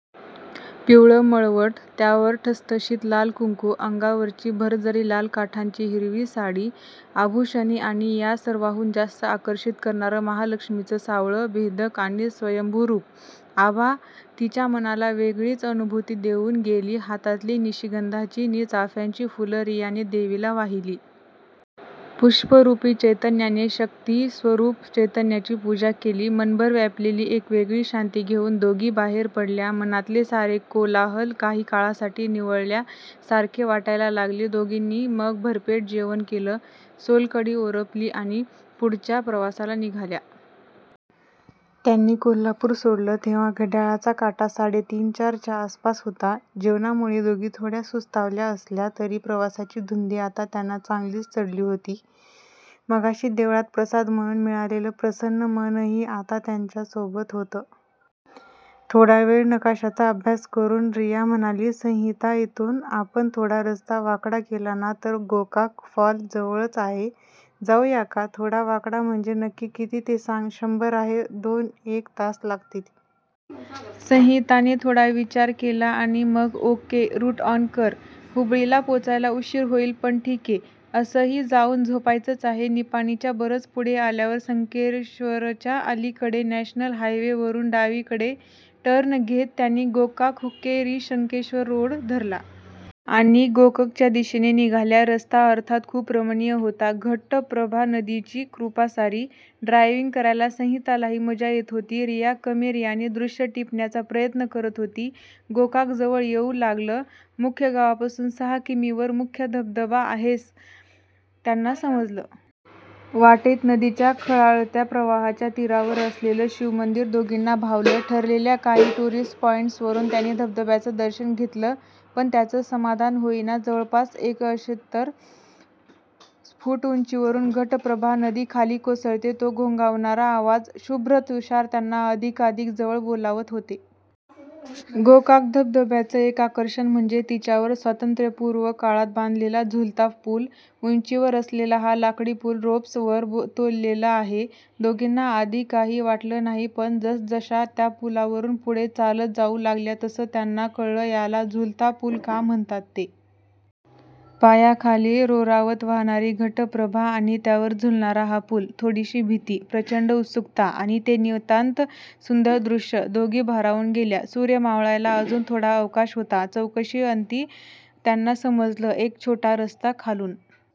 पिवळं मळवट, त्यावर ठसठशीत लाल कुंकू, अंगावरची भरजरी लाल काठांची हिरवी साडी, आभूषणे आणि या सर्वाहून जास्त आकर्षित करणारं महालक्ष्मीचं सावळं, भेदक, आणि स्वयंभू रूप, आभा तिच्या मनाला वेगळीच अनुभूती देऊन गेली. हातातली निशिगंधाची नि चाफ्याची फुलं रियाने देवीला वाहिली. पुष्परूपी चैतन्याने शक्तीस्वरूप चैतन्याची पुजा केली! मनभर व्यापलेली एक वेगळीच शांती घेऊन दोघी बाहेर पडल्या. मनातले सारे कोलाहल काही काळासाठी निवळल्या सारखे वाटायला लागले. दोघींनी मग भरपेट जेवण केलं. सोलकढी ओरपली. आणि पुढच्या प्रवासाला निघाल्या. त्यांनी कोल्हापूर सोडलं तेव्हा घड्याळाचा काटा साडे तीनचार च्या आसपास होता. जेवणामुळे दोघी थोड्या सुस्तावल्या असल्या तरी प्रवासाची धुंदी आता त्यांना चांगलीच चढली होती. मगाशी देवळात प्रसाद म्हणून मिळालेलं प्रसन्न मनही आता त्यांच्या सोबत होतं. थोडावेळ नकाशाचा अभ्यास करून रिया म्हणाली, संहिता, इथून आपण थोडा रस्ता वाकडा केला ना तर गोकाक फॉल जवळच आहे. जाऊया का? थोडा वाकडा म्हणजे नक्की किती ते सांग. शंभर आहे. दोन एक तास लागतील. संहिता ने थोडा विचार केला. आणि मग, ओक्के, रूट ऑन कर. हुबळीला पोचायला उशीर होईल पण ठिके. असंही जाऊन झोपायचंच आहे. निपाणीच्या बरंच पुढे आल्यावर संकेश्वरच्या अलिकडे नॅशनल हायवे वरुन डावीकडे टर्न घेत त्यांनी गोकाकहुक्केरीसंकेश्वर रोड धरला. आणि गोककच्या दिशेने निघाल्या. रस्ता अर्थात खूप रमणीय होता. घट्प्रभा नदीची कृपा सारी. ड्रायविंग करायला संहितालाही मजा येत होती. रिया कमेर्याने दृश्य टिपण्याचा प्रयत्न करत होती. गोकाक जवळ येऊ लागलं. मुख्य गावापासून सहा किमीवर मुख्य धबधबा आहेसं त्यांना समजलं. वाटेत नदीच्या खळाळत्या प्रवाहाच्या तीरावर असलेलं शिवमंदिर दोघींना भावलं. ठरलेल्या काही टुरिस्ट पॉईंट्स वरुन त्यांनी धबधब्याचं दर्शन घेतलं. पण त्यांचं समाधान होईना. जवळपास एकशेसत्तर फुट उंचीवरून घटप्रभा नदी खाली कोसळते. तो घोंघावणारा आवाज, शुभ्र तुषार त्यांना अधिकाधिक जवळ बोलावत होते. गोकाक धबधब्याचं एक आकर्षण म्हणजे, तिच्यावर स्वातंत्र्यपूर्व काळात बांधलेला झुलता पूल. उंचीवर असलेला हा लाकडी पूल रोप्स वर तोललेला आहे. दोघींना आधी काही वाटलं नाही. पण जसजशा त्या पूलावरून पुढे चालत जाऊ लागल्या तसं त्यांना कळलं याला झुलता पूल का म्हणतात ते. पायांखाली रोरावत वाहणारी घटप्रभा आणि त्यावर झुलणारा हा पूल. थोडीशी भीती, प्रचंड उत्सुकता आणि ते नितांत सुंदर दृश्य. दोघी भारावून गेल्या. सूर्य मावळायला अजून थोडा अवकाश होता॰चौकशी अंती त्यांना समजलं, एक छोटा रस्ता खालून